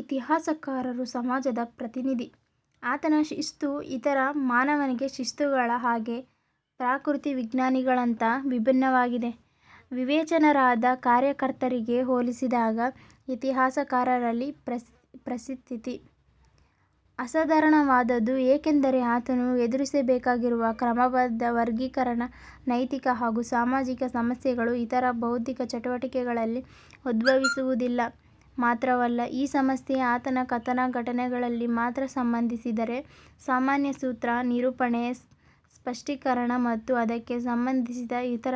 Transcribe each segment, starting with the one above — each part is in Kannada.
ಇತಿಹಾಸಕಾರನು ಸಮಾಜದ ಪ್ರತಿನಿಧಿ. ಆತನ ಶಿಸ್ತು ಇತರ ಮಾನವಿಕ ಶಿಸ್ತುಗಳ ಹಾಗೆ ಪ್ರಕೃತಿ ವಿಜ್ಞಾನಗಳಿಗಿಂತ ವಿಭಿನ್ನವಾಗಿದೆ. ವಿವೇಚನಾಪರ ಕಾರ್ಯಕರ್ತರಿಗೆ ಹೋಲಿಸಿದಾಗ ಇತಿಹಾಸಕಾರನ ಪರಿಸ್ಥಿತಿ ಅಸಾಧಾರಣವಾದುದು. ಏಕೆಂದರೆ ಆತನು ಎದುರಿಸಬೇಕಾಗಿರುವ ಕ್ರಮಬದ್ಧ ವರ್ಗೀಕರಣ, ನೈತಿಕ ಹಾಗೂ ಸಾಮಾಜಿಕ ಸಮಸ್ಯೆಗಳು ಇತರ ಬೌದ್ಧಿಕ ಚಟುವಟಿಕೆಗಳಲ್ಲಿ ಉದ್ಭವಿಸುವುದಿಲ್ಲ. ಮಾತ್ರವಲ್ಲ, ಈ ಸಮಸ್ಯೆ ಆತನ ಕಥನ ಘಟನೆಗಳಿಗೆ ಮಾತ್ರ ಸಂಬಂಧಿಸಿರದೆ ಸಾಮಾನ್ಯ ಸೂತ್ರ ನಿರೂಪಣೆ ಸ್ಪಷ್ಟೀಕರಣ ಮತ್ತು ಅದಕ್ಕೆ ಸಂಬಂಧಿಸಿದ ಇತರ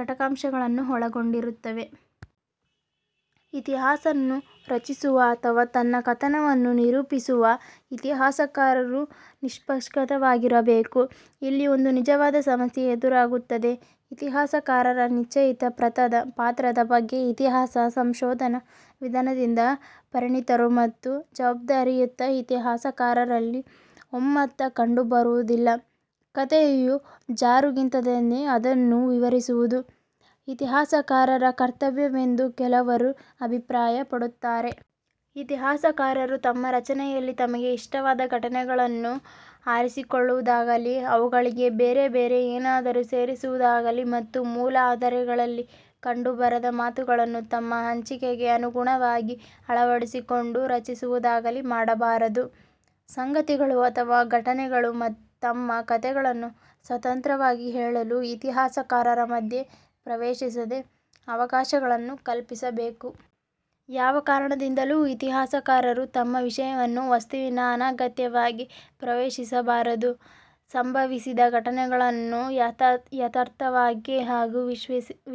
ಘಟಕಾಂಶಗಳನ್ನು ಒಳಗೊಂಡಿರುತ್ತದೆ. ಇತಿಹಾಸವನ್ನು ರಚಿಸುವಾಗ ಅಥವಾ ತನ್ನ ಕಥನವನ್ನು ನಿರೂಪಿಸುವಾಗ ಇತಿಹಾಸಕಾರ ನಿಷ್ಪಕ್ಷಪಾತಿಯಾಗಿರಬೇಕೆ? ಇಲ್ಲಿ ಒಂದು ನಿಜವಾದ ಸಮಸ್ಯೆ ಎದುರಾಗುತ್ತದೆ. ಇತಿಹಾಸಕಾರರ ನಿಶ್ಚಿತ ಪಾತ್ರದ ಬಗ್ಗೆ ಇತಿಹಾಸ ಸಂಶೋಧನಾ ವಿಧಾನದ ಪರಿಣತರು ಮತ್ತು ಜವಾಬ್ದಾರಿಯುತ ಇತಿಹಾಸಕಾರರಲ್ಲಿ ಒಮ್ಮತ ಕಂಡುಬರುವುದಿಲ್ಲ. ಕಥೆಯು ಜರುಗಿದಂತೆಯೇ ಅದನ್ನು ವಿವರಿಸುವುದು ಇತಿಹಾಸಕಾರರ ಕರ್ತವ್ಯವೆಂದು ಕೆಲವರು ಅಭಿಪ್ರಾಯ ಪಡುತ್ತಾರೆ. ಇತಿಹಾಸಕಾರರು ತಮ್ಮ ರಚನೆಯಲ್ಲಿ ತಮಗೆ ಇಷ್ಟವಾದ ಘಟನೆಗಳನ್ನು ಆರಿಸಿಕೊಳ್ಳುವುದಾಗಲಿ, ಅವುಗಳಿಗೆ ಬೇರೆ ಬೇರೆ ಏನಾದರೂ ಸೇರಿಸುವುದಾಗಲಿ ಮತ್ತು ಮೂಲ ಆಧಾರಗಳಲ್ಲಿ ಕಂಡುಬರದ ಮಾತುಗಳನ್ನು ತಮ್ಮ ಹಂಚಿಕೆಗೆ ಅನುಗುಣವಾಗಿ ಅಳವಡಿಸಿಕೊಂಡು ರಚಿಸುವುದಾಗಲಿ ಮಾಡಬಾರದು. ಸಂಗತಿಗಳು ಅಥವಾ ಘಟನೆಗಳು ತಮ್ಮ ಕಥೆಯನ್ನು ಸ್ವತಂತ್ರವಾಗಿ ಹೇಳಲು, ಇತಿಹಾಸಕಾರರು ಮಧ್ಯ ಪ್ರವೇಶಿಸದೆ, ಅವಕಾಶವನ್ನು ಕಲ್ಪಿಸಬೇಕು. ಯಾವ ಕಾರಣದಿಂದಲೂ ಇತಿಹಾಸಕಾರರು ತಮ್ಮ ವಿಷಯ ವಸ್ತುವಿನಲ್ಲಿ ಅನಗತ್ಯವಾಗಿ ಪ್ರವೇಶಿಸಬಾರದು. ಸಂಭವಿಸಿದ ಘಟನೆಗಳನ್ನು ಯಥಾರ್ಥವಾಗಿ ಹಾಗೂ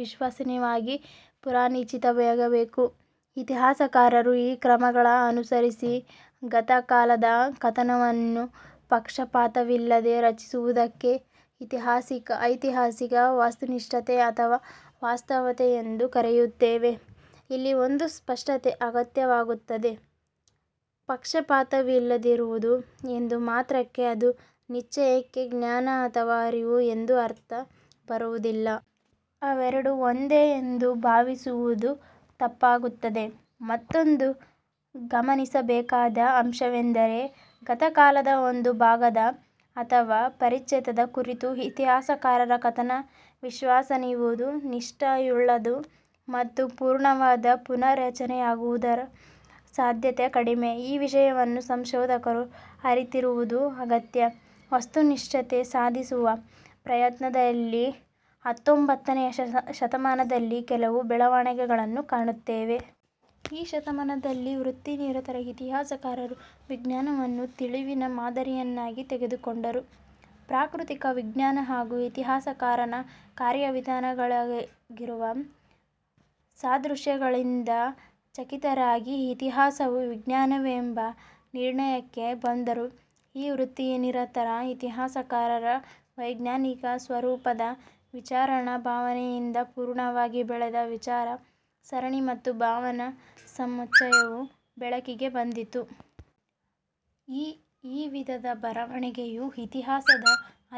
ವಿಶ್ವಸನೀಯವಾಗಿ ಪುನಾರಚಿಸಬೇಕು. ಇತಿಹಾಸಕಾರರು ಈ ಕ್ರಮಗಳನ್ನು ಅನುಸರಿಸಿ ಗತಕಾಲದ ಕಥನವನ್ನು ಪಕ್ಷಪಾತವಿಲ್ಲದೆ ರಚಿಸುವುದಕ್ಕೆ ಐತಿಹಾಸಿಕ ವಸ್ತುನಿಷ್ಠತೆ ಅಥವಾ ವಾಸ್ತವತೆ ಎಂದು ಕರೆಯುತ್ತೇವೆ. ಇಲ್ಲಿ ಒಂದು ಸ್ಪಷ್ಟತೆ ಅಗತ್ಯವಾಗುತ್ತದೆ. ಪಕ್ಷಪಾತವಿಲ್ಲದಿರುವುದು ಎಂದ ಮಾತ್ರಕ್ಕೆ ಅದು ನಿಶ್ಯಂಕೆಯ ಜ್ಞಾನ ಅಥವಾ ಅರಿವು ಎಂದು ಅರ್ಥ ಬರುವುದಿಲ್ಲ. ಅವೆರಡೂ ಒಂದೇ ಎಂದು ಭಾವಿಸುವುದು ತಪ್ಪಾಗುತ್ತದೆ. ಮತ್ತೊಂದು ಗಮನಿಸಬೇಕಾದ ಅಂಶವೆಂದರೆ, ಗತಕಾಲದ ಒಂದು ಭಾಗದ ಅಥವಾ ಪರಿಚ್ಛೇದ ಕುರಿತ ಇತಿಹಾಸಕಾರರ ಕಥನ ವಿಶ್ವಸನೀಯವೂ, ನಿಷ್ಠೆಯುಳ್ಳದ್ದೂ ಮತ್ತು ಪೂರ್ಣವಾದ ಪುನಾರಚನೆಯಾಗಿರುವ ಸಾಧ್ಯತೆ ಕಡಿಮೆ. ಈ ವಿಷಯವನ್ನು ಸಂಶೋಧಕರು ಅರಿತಿರುವುದು ಅಗತ್ಯ. ವಸ್ತುನಿಷ್ಠತೆ ಸಾಧಿಸುವ ಪ್ರಯತ್ನದಲ್ಲಿ ಹತ್ತೊಂಭತ್ತನೆಯ ಶತಮಾನದಲ್ಲಿ ಕೆಲವು ಬೆಳವಣಿಗೆಗಳನ್ನು ಕಾಣುತ್ತೇವೆ. ಈ ಶತಮಾನದಲ್ಲಿ ವೃತ್ತಿನಿರತ ಇತಿಹಾಸಕಾರರು ವಿಜ್ಞಾನವನ್ನು ತಿಳಿವಿನ ಮಾದರಿಯನ್ನಾಗಿ ತೆಗೆದುಕೊಂಡರು. ಪ್ರಾಕೃತಿಕ ವಿಜ್ಞಾನಿ ಹಾಗೂ ಇತಿಹಾಸಕಾರನ ಕಾರ್ಯವಿಧಾನಗಳಿಗಿರುವ ಸಾದೃಶ್ಯಗಳಿಂದ ಚಕಿತರಾಗಿ ಇತಿಹಾಸವೂ ವಿಜ್ಞಾನವೆಂಬ ನಿರ್ಣಯಕ್ಕೆ ಬಂದರು. ಈ ವೃತ್ತಿನಿರತ ಇತಿಹಾಸಕಾರರ ವೈಜ್ಞಾನಿಕ ಸ್ವರೂಪದ ವಿಚಾರಣಾ ಭಾವನೆಯಿಂದ ಪೂರ್ಣವಾಗಿ ಬೆಳೆದ ವಿಚಾರ ಸರಣಿ ಮತ್ತು ಭಾವನಾ ಸಮುಚ್ಛಯವು ಬೆಳಕಿಗೆ ಬಂದಿತು. ಈ ವಿಧದ ಬರವಣಿಗೆಯು ಇತಿಹಾಸದ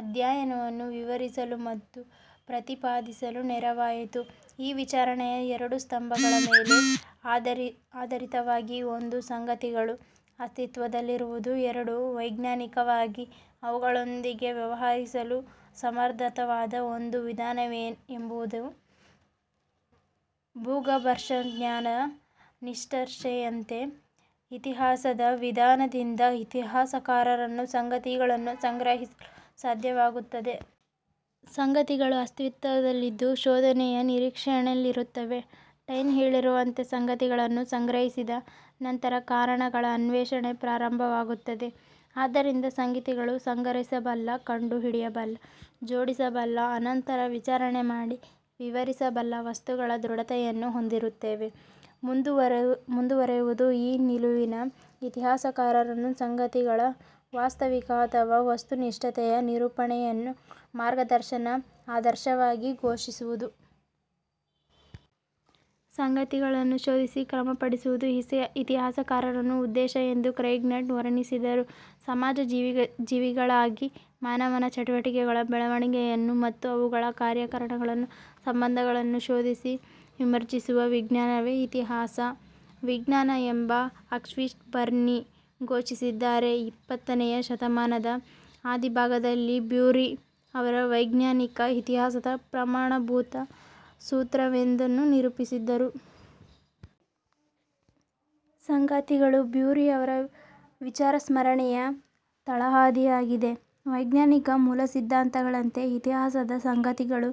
ಅಧ್ಯಯನವನ್ನು ವಿವರಿಸಲು ಮತ್ತು ಪ್ರತಿಪಾದಿಸಲು ನೆರವಾಯಿತು. ಈ ವಿಚಾರಣೆಯು ಎರಡು ಸ್ತಂಭಗಳ ಮೇಲೆ ಆಧರಿತವಾಗಿತ್ತು. ಒಂದು, ಸಂಗತಿಗಳು ಅಸ್ತಿತ್ವದಲ್ಲಿರುವುದು ಎರಡು, ವೈಜ್ಞಾನಿಕವಾಗಿ ಅವುಗಳೊಂದಿಗೆ ವ್ಯವಹರಿಸಲು ಸಮರ್ತವಾದ ಒಂದು ವಿಧಾನವಿದೆಯೆಂಬುದು. ಭೂಗರ್ಭಶಾಸ್ತ್ರಜ್ಞನ ನಿಷ್ಕರ್ಷೆಯಂತೆ, ಇತಿಹಾಸದ ವಿಧಾನದಿಂದ ಇತಿಹಾಸಕಾರನು ಸಂಗತಿಗಳನ್ನು ಸಂಗ್ರಹಿಸಲು ಸಾಧ್ಯವಾಗುತ್ತದೆ. ಸಂಗತಿಗಳು ಅಸ್ತಿತ್ವದಲ್ಲಿದ್ದು ಶೋಧನೆಯ ನಿರೀಕ್ಷಣೆಯಲ್ಲಿರುತ್ತವೆ. ಟೈನ್ ಹೇಳಿರುವಂತೆ ಸಂಗತಿಗಳನ್ನು ಸಂಗ್ರಹಿಸಿದ ನಂತರ ಕಾರಣಗಳ ಅನ್ವೇಷಣೆ ಪ್ರಾರಂಭವಾಗುತ್ತದೆ. ಆದ್ದರಿಂದ ಸಂಗತಿಗಳು ಸಂಗ್ರಹಿಸಬಲ್ಲ, ಕಂಡು ಹಿಡಿಯಬಲ್ಲ, ಜೋಡಿಸಬಲ್ಲ, ಅನಂತರ ವಿಚಾರಣೆ ಮಾಡಿ ವಿವರಿಸಬಲ್ಲ ವಸ್ತುಗಳ ದೃಢತೆಯನ್ನು ಹೊಂದಿರುತ್ತವೆ. ಮುಂದುವರಿದು ಈ ನಿಲುವಿನ ಇತಿಹಾಸಕಾರರು ಸಂಗತಿಗಳ ವಾಸ್ತವಿಕ ಅಥವಾ ವಸ್ತುನಿಷ್ಠತೆಯ ನಿರೂಪಣೆಯನ್ನು ಮಾರ್ಗದರ್ಶಕ ಆದರ್ಶವಾಗಿ ಘೋಷಿಸಿದರು. ಸಂಗತಿಗಳನ್ನು ಶೋಧಿಸಿ ಕ್ರಮಪಡಿಸುವುದು ಇತಿಹಾಸಕಾರನ ಉದ್ದೇಶ ಎಂದು ಕ್ರೈಗ್ಟನ್ ವರ್ಣಿಸಿದರು. ಸಮಾಜಜೀವಿಗಳಿಗಾಗಿ ಮಾನವನ ಚಟುವಟಿಕೆಗಳ ಬೆಳವಣಿಗೆಯನ್ನು ಮತ್ತು ಅವುಗಳ ಕಾರ್ಯಕಾರಣ ಸಂಬಂಧಗಳನ್ನು ಶೋಧಿಸಿ ವಿಮರ್ಶಿಸುವ ವಿಜ್ಞಾನವೇ ಇತಿಹಾಸ ವಿಜ್ಞಾನ ಎಂದು ಆಕ್ನಿಸ್ಟ್ ಬರ್ನಿಂ ಘೋಷಿಸಿದ್ದಾರೆ. ಇಪ್ಪತ್ತನೆಯ ಶತಮಾನದ ಆದಿಭಾಗದಲ್ಲಿ ಬ್ಯೂರಿ ಅವರು ವೈಜ್ಞಾನಿಕ ಇತಿಹಾಸದ ಪ್ರಮಾಣಭೂತ ಸೂತ್ರವೊಂದನ್ನು ನಿರೂಪಿಸಿದರು. ಸಂಗತಿಗಳು ಬ್ಯೂರಿ ಅವರ ವಿಚಾರಸರಣಿಯ ತಳಹದಿಯಾಗಿದೆ. ವೈಜ್ಞಾನಿಕ ಮೂಲಸಿದ್ಧಾಂತಗಳಂತೆ ಇತಿಹಾಸದ ಸಂಗತಿಗಳೂ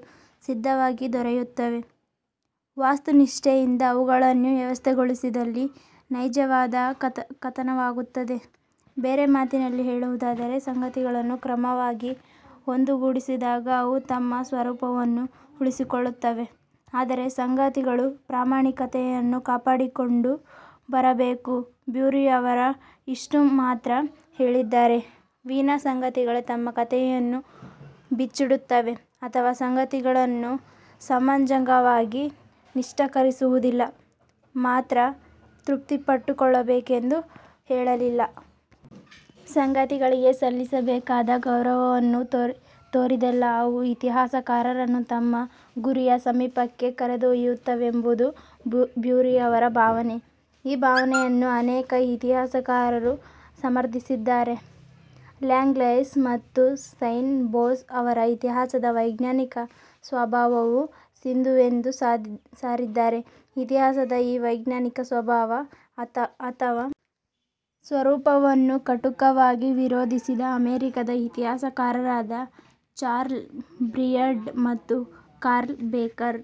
ಸಿದ್ಧವಾಗಿ ದೊರೆಯುತ್ತವೆ. ವಸ್ತುನಿಷ್ಠತೆಯಿಂದ ಅವುಗಳನ್ನು ವ್ಯವಸ್ಥೆಗೊಳಿಸಿದಲ್ಲಿ ನೈಜವಾದ ಕಥನವಾಗುತ್ತದೆ. ಬೇರೆ ಮಾತಿನಲ್ಲಿ ಹೇಳುವುದಾದರೆ, ಸಂಗತಿಗಳನ್ನು ಕ್ರಮವಾಗಿ ಒಂದುಗೂಡಿಸಿದಾಗ ಅವು ತಮ್ಮ ಸ್ವರೂಪವನ್ನು ಉಳಿಸಿಕೊಳ್ಳುತ್ತವೆ. ಆದರೆ ಸಂಗತಿಗಳ ಪ್ರಾಮಾಣಿಕತೆಯನ್ನು ಕಾಪಾಡಿಕೊಂಡು ಬರಬೇಕು. ಬ್ಯೂರಿ ಅವರು ಇಷ್ಟುಮಾತ್ರ ಹೇಳಿದರೇ ವಿನಾ ಸಂಗತಿಗಳೇ ತಮ್ಮ ಕಥೆಯನ್ನು ಬಿಚ್ಚಿಡುತ್ತವೆ ಅಥವಾ ಸಂಗತಿಗಳನ್ನು ಸಮಂಜಸವಾಗಿ ನಿಷ್ಕರ್ಷಿಸುವುದರಲ್ಲಿ ಮಾತ್ರ ತೃಪ್ತಿಪಟ್ಟುಕೊಳ್ಳಬೇಕೆಂದು ಹೇಳಲಿಲ್ಲ. ಸಂಗತಿಗಳಿಗೆ ಸಲ್ಲಿಸಬೇಕಾದ ಗೌರವವನ್ನು ತೋರಿದಲ್ಲಿ ಅವು ಇತಿಹಾಸಕಾರರನ್ನು ತಮ್ಮ ಗುರಿಯ ಸಮೀಪಕ್ಕೆ ಕರೆದೊಯ್ಯುತ್ತದೆಂಬುದು ಬ್ಯೂರಿ ಅವರ ಭಾವನೆ. ಈ ಭಾವನೆಯನ್ನು ಅನೇಕ ಇತಿಹಾಸಕಾರರು ಸಮರ್ಥಿಸಿದ್ದಾರೆ. ಲ್ಯಾಂಗ್ಲಾಯ್ಸ್ ಮತ್ತು ಸೈನ್ ಭೋಸ್ ಅವರೂ ಇತಿಹಾಸದ ವೈಜ್ಞಾನಿಕ ಸ್ವಭಾವವು ಸಿಂಧುವೆಂದು ಸಾರಿದ್ದಾರೆ. ಇತಿಹಾಸದ ಈ ವೈಜ್ಞಾನಿಕ ಸ್ವಭಾವ ಅಥವಾ ಸ್ವರೂಪವನ್ನು ಕಟುವಾಗಿ ವಿರೋಧಿಸಿದ ಅಮೆರಿಕಾದ ಇತಿಹಾಸಕಾರರಾದ ಚಾರ್ಲ್ಸ್ ಬಿಯರ್ಡ್ ಮತ್ತು ಕಾರ್ಲ್ ಬೇಕರ್